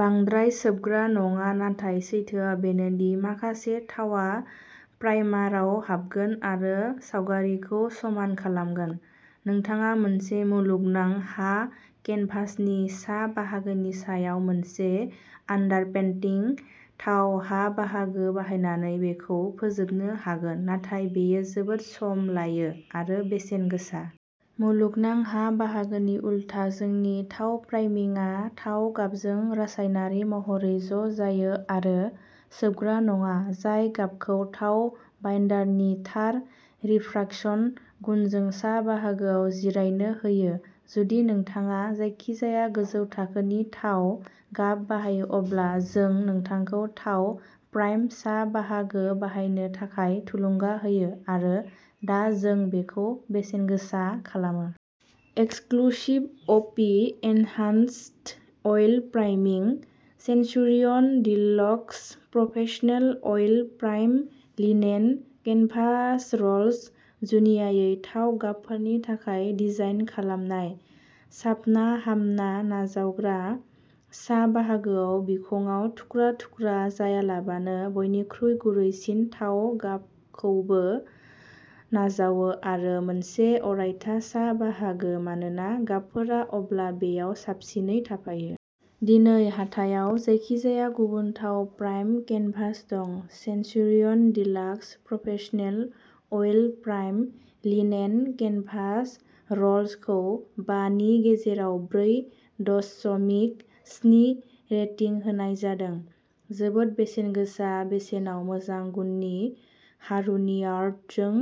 बांद्राय सोबग्रा नङा नाथाय सैथोआ बेनो दि माखासे थावआ प्राइमारआव हाबगोन आरो सावगारिखौ समान खालामगोन। नोंथाङा मोनसे मुलुगनां हा केनभासनि सा बाहागोनि सायाव मोनसे आन्डारपेन्टिं थाव हा बाहागो बाहायनानै बेखौ फोजोबनो हागोन नाथाय बेयो जोबोद सम लायो आरो बेसेन गोसा। मुलुगनां हा बाहागोनि उलथा जोंनि थाव प्राइमिंगआ थाव गाबजों रासायनारि महरै ज' जायो आरो सोबग्रा नङा, जाय गाबखौ थाव बाइन्डारनि थार रिफ्राकसन गुनजों सा बाहागोआव जिरायनो होयो। जुदि नोंथाङा जायखिजाया गोजौ थाखोनि थाव गाब बाहायो, अब्ला जों नोंथांखौ थाव प्राइम्ड सा बाहागो बाहायनो थाखाय थुलुंगा होयो आरो दा जों बेखौ बेसेनगोसा खालामो। एक्सक्लुसिभ अ P enhanced oil priming. Centurion deluxe professional oil primed linen canvas rolls, जुनियायै थाव गाबफोरनि थाखाय डिजाइन खालामनाय। साबना-हामना नाजावग्रा सा बाहागोआव बिखंआव थुख्रा-थुख्रा जायालाबानो बयनिख्रुइ गुरैसिन थाव गाबखौबो नाजावो आरो मोनसे अरायथा सा बाहागो मानोना गाबफोरा अब्ला बेयाव साबसिनै थाफायो। दिनै हाथायाव जायखिजाया गुबुन थाव प्राइम्ड केनभास दं Centurion deluxe professional oil primed linen canvas rolls खौ बा नि गेजेराव ब्रै दसमिक स्नि रेटिं होनाय जादों। जोबोद बेसेनगोसा बेसेनाव मोजां गुननि हारुनियार्टजों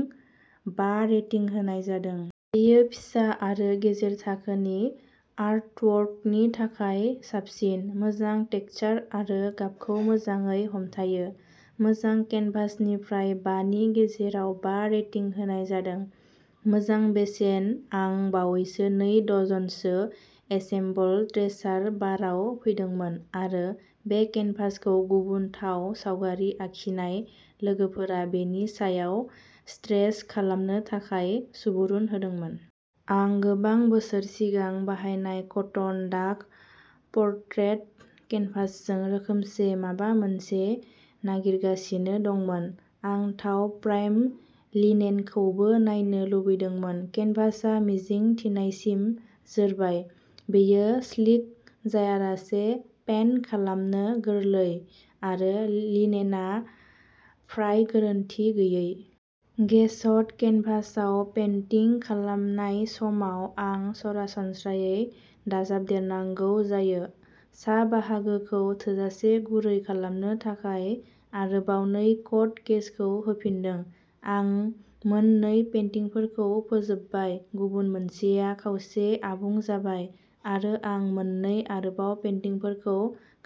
बा रेटिं होनाय जादों। बेयो फिसा आरो गेजेर थाखोनि आर्टवर्कनि थाखाय साबसिन। मोजां टेक्सचार आरो गाबखौ मोजाङै हमथायो। मोजां केनभासनिफ्राय बा नि गेजेराव बा रेटिं होनाय जादों, मोजां बेसेन आं बावैसो नै डजनसो एसेम्बल स्ट्रेचार बारआव फैदोंमोन, आरो बे केनभासखौ गुबुन थाव सावगारि आखिनाय लोगोफोरा बेनि सायाव स्ट्रेच खालामनो थाखाय सुबुरुन होदोंमोन। आं गोबां बोसोर सिगां बाहायनाय कटन डाक पर्ट्रेट केनभासजों रोखोमसे माबा मोनसे नागिरगासिनो दंमोन। आं थाव प्राइम्ड लिनेनखौबो नायनो लुबैदोंमोन। केनभासआ मिजिं थिनायसिम जोरबाय, बेयो स्लिक जायालासे पेन्ट खालामनो गोरलै, आरो लिनेनआ फ्राय गोरोन्थि गैयै। गेसड केनभासआव पेन्टिं खालामनाय समाव, आं सरासनस्रायै दाजाबदेरनांगौ जायो। सा बाहागोखौ थोजासे गुरै खालामनो थाखाय आरोबाव नै कट गेसखौ होफिनदों। आं मोन नै पेन्टिंफोरखौ फोजोबबाय, गुबुन मोनसेआ खावसे आबुं जाबाय, आरो आं मोन नै आरोबाव पेन्टिंफोरखौ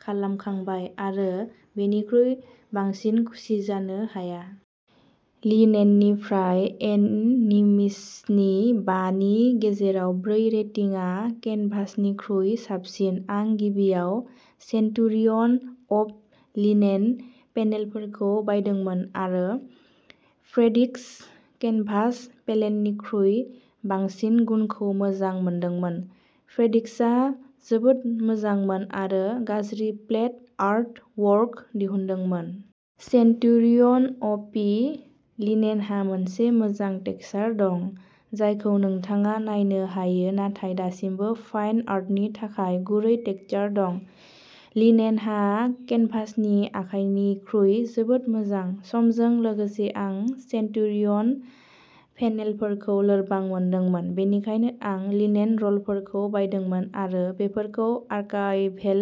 खालामखांबाय, आरो बेनिख्रुइ बांसिन खुसि जानो हाया। लिनेननिफ्राय एन'निमिसनि बा नि गेजेराव ब्रै रेटिंआ केनभासनिख्रुइ साबसिन आं गिबियाव सेन्टुरियन अप लिनेन पेनेलफोरखौ बायदोंमोन आरो फ्रेड्रिक्स केनभास पेनेलनिख्रुइ बांसिन गुनखौ मोजां मोनदोंमोन। फ्रेड्रिक्सआ जोबोद मोजांमोन आरो गाज्रि फ्लेट आर्ट वर्क दिहुनदोंमोन। सेन्टुरियन अ पि लिनेनहा मोनसे मोजां टेक्सचार दं जायखौ नोंथाङा नायनो हायो नाथाय दासिमबो फाइन आर्टनि थाखाय गुरै टेक्सचार दं। लिनेनहा केनभासनि आखाइनिख्रुइ जोबोद मोजां। समजों लोगोसे आं सेन्टुरियन पेनेलफोरखौ लोरबां मोनदोंमोन बेनिखायनो आं लिनेन र'लफोरखौ बायदोंमोन आरो बेफोरखौ आर्काइभेल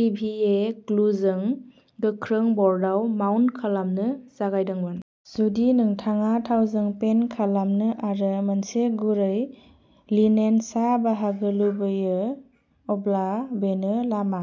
पिभिए ग्लुजों गोख्रों बर्डआव माउन्ट खालामनो जागायदोंमोन। जुदि नोंथाङा थावजों पेन्ट खालामो आरो मोनसे गुरै लिनेन सा बाहागो लुबैयो अब्ला बेनो लामा।